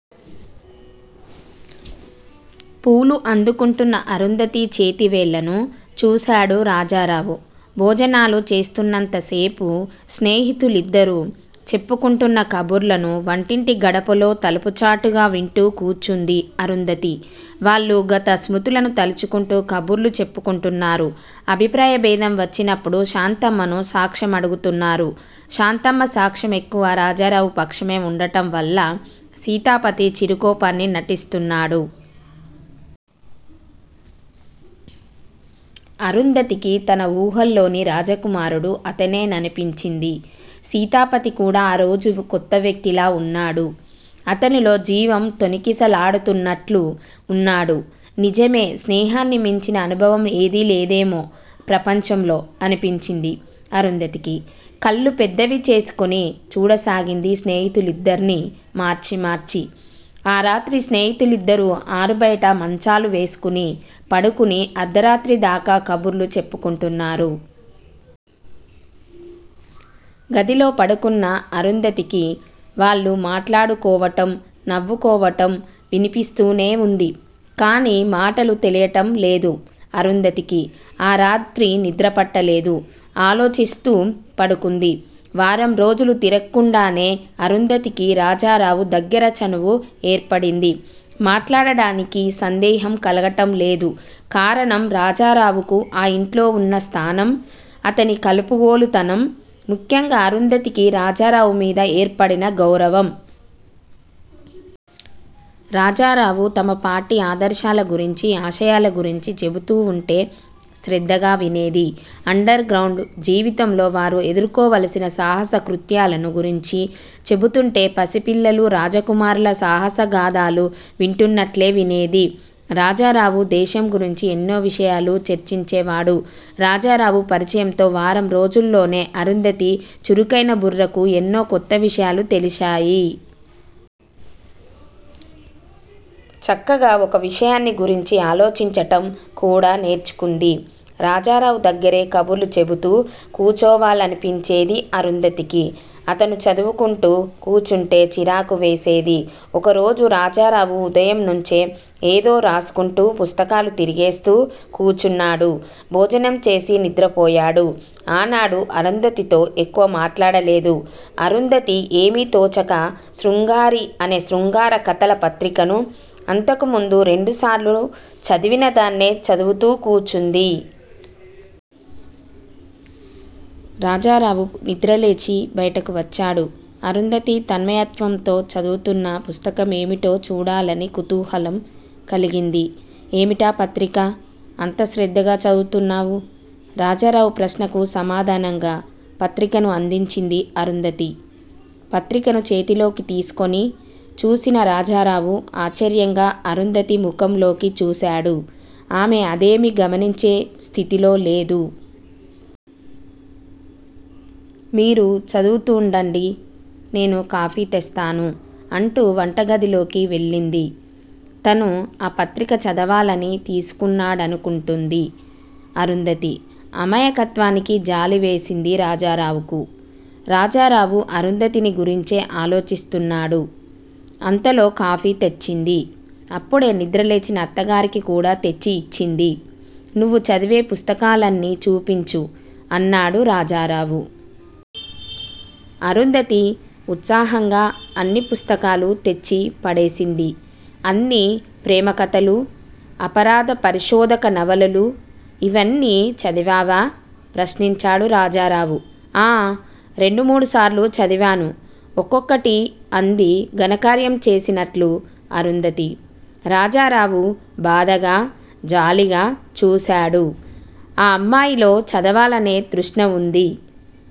పూలు అందుకుంటున్న అరుంధతి చేతివేళ్ళను చూశాడు రాజారావు. భోజనాలు చేస్తున్నంతసేపూ స్నేహితులిద్దరూ చెప్పుకుంటున్న కబుర్లను వంటింటి గడపలో తలుపుచాటుగా వింటూ కూర్చుంది అరుంధతి. వాళ్ళు గత స్మృతులను తలచుకుంటూ కబుర్లు చెప్పుకుంటున్నారు. అభిప్రాయభేదం వచ్చినప్పుడు శాంతమ్మను సాక్ష్యం అడుగుతున్నారు. శాంతమ్మ సాక్ష్యం ఎక్కువ రాజారావు పక్షమే ఉండటం వల్ల సీతాపతి చిరుకోపాన్ని నటిస్తున్నాడు. అరుంధతికి తన ఊహల్లోని రాజకుమారుడు అతనే ననిపించింది. సీతాపతి కూడా ఆ రోజు కొత్తవ్యక్తిలా వున్నాడు. అతనిలో జీవం తొణికిసలాడుతున్నట్లు వున్నాడు. నిజమే స్నేహాన్ని మించిన అనుభవం ఏదీ లేదేమో ప్రపంచంలో! అనిపించింది అరుంధతికి. కళ్ళు పెద్దవి చేసుకొని చూడసాగింది స్నేహితులిద్దర్నీ మార్చి మార్చి. ఆ రాత్రి స్నేహితులిద్దరూ ఆరుబయట మంచాలు వేసుకుని పడుకుని అర్దరాత్రిదాకా కబుర్లు చెప్పుకుంటున్నారు. గదిలో పడుకున్న అరుంధతికి వాళ్ళు మాట్లాడుకోవటం, నవ్వుకోవటం వినిపిస్తూనే వుంది. కాని మాటలు తెలియటంలేదు. అరుంధతికి ఆ రాత్రి నిద్రపట్టలేదు. ఆలోచిస్తూ పడుకుంది. వారం రోజులు తిరక్కుండానే అరుంధతికి రాజారావు దగ్గర చనువు ఏర్పడింది. మాట్లాడడానికి సందేహం కలగటంలేదు. కారణం రాజారావుకు ఆ ఇంట్లోవున్న స్థానం, అతని కలుపుగోలుతనం, ముఖ్యంగా అరుంధతికి రాజారావుమీద ఏర్పడిన గౌరవం. రాజారావు తమ పార్టీ ఆదర్శాలగురించీ ఆశయాల గురించీ చెబుతూవుంటే శ్రద్ధగా వినేది. అండర్ గ్రౌండ్ జీవితంలో వారు ఎదుర్కోవలసిన సాహస కృత్యాలను గురించి చెబుతుంటే పసిపిల్లలు రాజకుమారుల సాహసగాథలు వింటున్నట్లే వినేది. రాజారావు దేశం గురించి ఎన్నో విషయాలు చర్చించేవాడు. రాజారావు పరిచయంతో వారం రోజుల్లోనే అరుంధతి చురుకైన బుర్రకు ఎన్నో కొత్త విషయాలు తెలిశాయి. చక్కగా ఒక విషయాన్ని గురించి ఆలోచించటం కూడా నేర్చుకుంది. రాజారావు దగ్గరే కబుర్లు చెబుతూ కూచోవాలనిపించేది అరుంధతికి. అతను చదువుకుంటూ కూచుంటే చిరాకు వేసేది. ఒకరోజు రాజారావు ఉదయంనుంచే ఏదో రాసుకుంటూ, పుస్తకాలు తిరగేస్తూ కూచున్నాడు. భోజనంచేసి నిద్రపోయాడు. ఆనాడు అరుంధతితో ఎక్కువ మాట్లాడలేదు. అరుంధతి ఏమీ తోచక శృంగారి అనే శృంగార కథల పత్రికను, అంతకు ముందు రెండుసార్లు చదివినదాన్నే చదువుతూ కూచుంది. రాజారావు నిద్రలేచి బయటకు వచ్చాడు. అరుంధతి తన్మయత్వంతో చదువుతున్న పుస్తకం ఏమిటో చూడాలని కుతూహలం కలిగింది. ఏమిటా పత్రిక? అంత శ్రద్ధగా చదువుతున్నావు? రాజారావు ప్రశ్నకు సమాధానంగా పత్రికను అందించింది అరుంధతి. పత్రికను చేతిలోకి తీసుకొని చూసిన రాజారావు ఆశ్చర్యంగా అరుంధతి ముఖంలోకి చూశాడు. ఆమె అదేమీ గమనించే స్థితిలో లేదు. మీరు చదువుతూండండి నేను కాఫీ తెస్తాను అంటూ వంటగదిలోకి వెళ్ళింది. తను ఆ పత్రిక చదవాలని తీసుకున్నాడనుకుంటూంది. అరుంధతి అమాయకత్వానికి జాలివేసింది రాజారావుకు. రాజారావు అరుంధతిని గురించే ఆలోచిస్తున్నాడు. అంతలో కాఫీ తెచ్చింది. అప్పుడే నిద్రలేచిన అత్తగారికి కూడా తెచ్చి ఇచ్చింది. నువ్వు చదివే పుస్తకాలన్నీ చూపించు అన్నాడు రాజారావు. అరుంధతి ఉత్సాహంగా అన్ని పుస్తకాలు తెచ్చి పడేసింది. అన్నీ ప్రేమ కథలూ, అపరాధపరిశోధక నవలలూ. ఇవన్నీ చదివావా? ప్రశ్నించాడు రాజారావు. ఆఁ- రెండు మూడుసార్లు చదివాను ఒక్కొక్కటి అంది ఘనకార్యం చేసినట్లు అరుంధతి. రాజారావు బాధగా జాలిగా చూశాడు. ఆ అమ్మాయిలో చదవాలనే తృష్ణ వుంది.